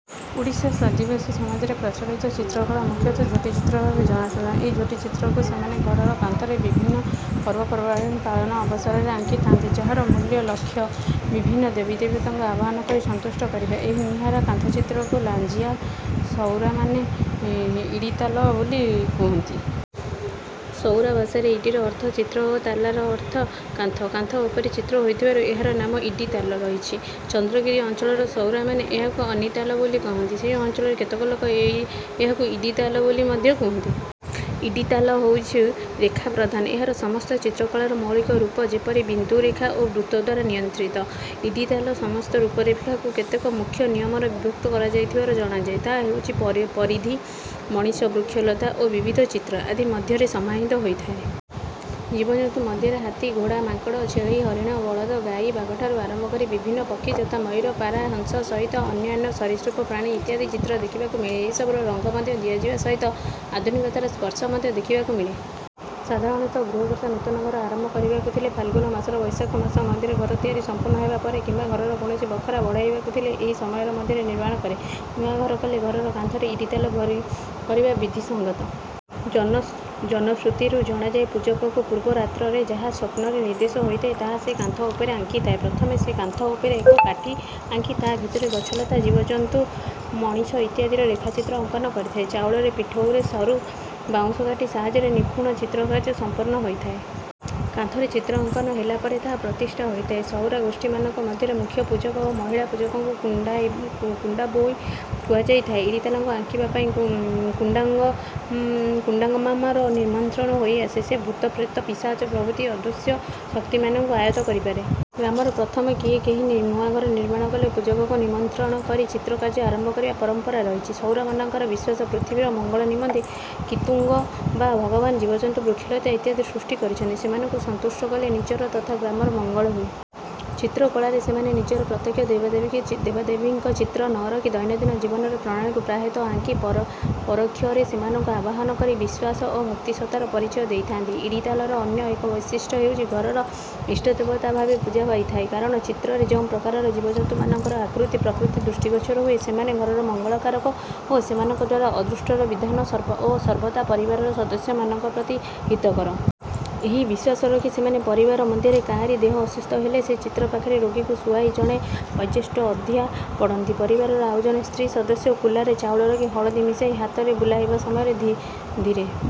ଓଡ଼ିଶାର ଆଦିବାସୀ ସମାଜରେ ପ୍ରଚଳିତ ଚିତ୍ରକଳା ମୁଖ୍ୟତଃ ଝୋଟି ଚିତ୍ର ଭାବେ ଜଣାଶୁଣା। ଏହି ଝୋଟିଚିତ୍ରକୁ ସେମାନେ ଘରର କାନ୍ଥରେ ବିଭିନ୍ନ ପର୍ବପର୍ବାଣି ପାଳନ ଅବସରରେ ଆଙ୍କିଥାନ୍ତି ଯାହାର ମୂଲ୍ୟ ଲକ୍ଷ୍ୟ ବିଭିନ୍ନ ଦେବଦେବୀଙ୍କୁ ଆବାହନ କରି ସନ୍ତୁଷ୍ଟ କରିବା। ଏହି ନିଆରା କାନ୍ଥଚିତ୍ରକୁ ଲାଞ୍ଜିଆ ସଉରାମାନେ ଇଡ଼ିତାଲ ବୋଲି କୁହନ୍ତି। ସଉରା ଭାଷାରେ ଇଡ଼ିର ଅର୍ଥ ଚିତ୍ର ଓ ତାଲର ଅର୍ଥ କାନ୍ଥ। କାନ୍ଥ ଉପରେ ଚିତ୍ର ହୋଇଥିବାରୁ ଏହାର ନାମ ଇଡ଼ିତାଲ ରହିଛି। ଚନ୍ଦ୍ରଗିରି ଅଞ୍ଚଳର ସଉରାମାନେ ଏହାକୁ ଅନିତାଲ ବୋଲି କହନ୍ତି। ସେହି ଅଞ୍ଚଳର କେତେକ ଲୋକ ଏଇ ଏହାକୁ ଇଡ଼ିତାଲ ବୋଲି ମଧ୍ୟ କୁହନ୍ତି। ଇଡ଼ିତାଲ ହୋଉଛି ରେଖା ପ୍ରଧାନ ଏହାର ସମସ୍ତ ଚିତ୍ରକଳାର ମୌଳିକ ରୂପ ଯେପରି ବିନ୍ଦୁ ରେଖା ଓ ବୃତ୍ତ ଦ୍ୱାରା ନିୟନ୍ତ୍ରିତ। ଇଡ଼ିତାଲ ସମସ୍ତ ରୂପରେଖକୁ କେତେକ ମୁଖ୍ୟ ନିୟମରେ ବିଭକ୍ତ କରାଯାଇଥିବାର ଜଣାଯାଏ। ତାହା ହେଉଛି ପରି ପରିଧି ମଣିଷ ବୃକ୍ଷଲତା ଓ ବିବିଧ ଚିତ୍ର ଆଦି ମଧ୍ୟରେ ସମାହିତ ହୋଇଥାଏ। ଜୀବଜନ୍ତୁ ମଧ୍ୟରେ ହାତୀ ଘୋଡ଼ା ମାଙ୍କଡ଼ ଛେଳି ହରିଣ ବଳଦ ଗାଈ ବାଘଠାରୁ ଆରମ୍ଭ କରି ବିଭିନ୍ନ ପକ୍ଷୀ ଯଥା ମୟୂର ପାରା ହଂସ ସହିତ ଅନ୍ୟାନ୍ୟ ସରୀସୃପ ପ୍ରାଣୀ ଇତ୍ୟାଦି ଚିତ୍ର ଦେଖିବାକୁ ମିଳେ ଏସବୁର ରଙ୍ଗ ମଧ୍ୟ ଦିଆଯିବା ସହିତ ଆଧୁନିକତାର ସ୍ପର୍ଶ ମଧ୍ୟ ଦେଖିବାକୁ ମିଳେ। ସାଧାରଣତଃ ଗୃହକର୍ତ୍ତା ନୂତନ ଘର ଆରମ୍ଭ କରିବାକୁ ଥିଲେ ଫାଲଗୁନ ମାସରୁ ବୈଶାଖ ମାସ ମଧ୍ୟରେ ଘର ତିଆରି ସମ୍ପୂର୍ଣ୍ଣ ହେବା ପରେ କିମ୍ବା ଘରର କୌଣସି ବଖରା ବଢ଼ାଇବାକୁ ଥିଲେ ଏହି ସମୟ ମଧ୍ୟରେ ନିର୍ମାଣ କରେ। ନୂଆ ଘର କଲେ ଘରର କାନ୍ଥରେ ଇଡ଼ିତାଲ କରିବା ବିଧିସଙ୍ଗତ। ଜନଜନଶ୍ରୁତିରୁ ଜଣାଯାଏ ପୂଜକକୁ ପୂର୍ବ ରାତ୍ରରେ ଯାହା ସ୍ୱପ୍ନରେ ନିର୍ଦ୍ଦେଶ ହୋଇଥାଏ ତାହା ସେ କାନ୍ଥ ଉପରେ ଆଙ୍କିଥାଏ। ପ୍ରଥମେ ସେ କାନ୍ଥ ଉପରେ ଏକ କୋଠି ଆଙ୍କି ତାହା ଭିତରେ ଗଛଲତା ଜୀବଜନ୍ତୁ ମଣିଷ ଇତ୍ୟାଦିର ରେଖାଚିତ୍ର ଅଙ୍କନ କରିଥାଏ। ଚାଉଳର ପିଠଉରେ ସରୁ ବାଉଁଶ କାଠି ସାହାଯ୍ୟରେ ନିଖୁଣ ଚିତ୍ର କାର୍ଯ୍ୟ ସମ୍ପନ୍ନ ହୋଇଥାଏ। କାନ୍ଥରେ ଚିତ୍ର ଅଙ୍କନ ହେଲା ପରେ ତାହା ପ୍ରତିଷ୍ଠା ହୋଇଥାଏ। ସଉରା ଗୋଷ୍ଠୀମାନଙ୍କ ମଧ୍ୟରେ ମୁଖ୍ୟ ପୂଜକ ଓ ମହିଳା ପୂଜକଙ୍କୁ କୁଣ୍ଡାବୋଇ କୁହାଯାଇଥାଏ। ଇଡ଼ିତାଲ ଆଙ୍କିବା ପାଇଁ କୁଡ଼ାଙ୍ଗମ୍ମାର ନିମନ୍ତ୍ରଣ ହୋଇଆସେ। ସେ ଭୂତ ପ୍ରେତ ପିଶାଚ ପ୍ରଭୃତି ଅଦୃଶ୍ୟ ଶକ୍ତିମାନଙ୍କୁ ଆୟତ୍ତ କରିପାରେ। ଗ୍ରାମରେ ପ୍ରଥମେ କିଏ କେହି ନୂଆ ଘର ନିର୍ମାଣ କଲେ ପୂଜକଙ୍କୁ ନିମନ୍ତ୍ରଣ କରି ଚିତ୍ର କାର୍ଯ୍ୟ ଆରମ୍ଭ କରିବା ପରମ୍ପରା ରହିଛି। ସଉରାମାନଙ୍କର ବିଶ୍ୱାସ ପୃଥିବୀର ମଙ୍ଗଳ ନିମନ୍ତେ କିତୁଙ୍ଗ ବା ଭଗବାନ ଜୀବଜନ୍ତୁ ବୃକ୍ଷଲତା ଇତ୍ୟାଦି ସୃଷ୍ଟି କରିଛନ୍ତି। ସେମାନଙ୍କୁ ସନ୍ତୁଷ୍ଟ କଲେ ନିଜର ତଥା ଗ୍ରାମର ମଙ୍ଗଳ ହୁଏ। ଚିତ୍ରକଳାରେ ସେମାନେ ନିଜର ପ୍ରତ୍ୟକ୍ଷ ଦେବଦେବୀକି ଚି ଦେବଦେବୀଙ୍କ ଚିତ୍ର ନ ରଖି ଦୈନନ୍ଦିନ ଜୀବନର ପ୍ରଣାଳୀକୁ ପ୍ରାୟତଃ ଆଙ୍କି ପରପରୋକ୍ଷରେ ସେମାନଙ୍କୁ ଆବାହନ କରି ବିଶ୍ୱାସ ଓ ଭକ୍ତିସତ୍ତାର ପରିଚୟ ଦେଇଥାନ୍ତି। ଇଡ଼ିତାଲର ଅନ୍ୟ ଏକ ବୈଶିଷ୍ଟ୍ୟ ହେଉଛି ଘରର ଇଷ୍ଟଦେବତା ଭାବେ ପୂଜା ପାଇଥାଏ। କାରଣ ଚିତ୍ରରେ ଯେଉଁ ପ୍ରକାରର ଜୀବଜନ୍ତୁମାନଙ୍କର ଆକୃତି ପ୍ରକୃତି ଦୃଷ୍ଟିଗୋଚର ହୁଏ ସେମାନେ ଘରର ମଙ୍ଗଳକାରକ ଓ ସେମାନଙ୍କ ଦ୍ୱାରା ଅଦୃଷ୍ଟର ବିଧାନ ସର୍ବ ଓ ସର୍ବଦା ପରିବାରର ସଦସ୍ୟମାନଙ୍କ ପ୍ରତି ହିତକର। ଏହି ବିଶ୍ୱାସ ରଖି ସେମାନେ ପରିବାର ମଧ୍ୟରେ କାହାରି ଦେହ ଅସୁସ୍ଥ ହେଲେ ସେ ଚିତ୍ର ପାଖରେ ରୋଗୀକୁ ଶୁଆଇ ଜଣେ ବୟୋଜ୍ୟେଷ୍ଠ ଅଧିଆ ପଡ଼ନ୍ତି। ପରିବାରର ଆଉ ଜଣେ ସ୍ତ୍ରୀ ସଦସ୍ୟ କୁଲାରେ ଚାଉଳ ରଖି ହଳଦୀ ମିଶାଇ ହାତରେ ବୁଲାଇବା ସମୟରେ ଧୀ ଧୀରେ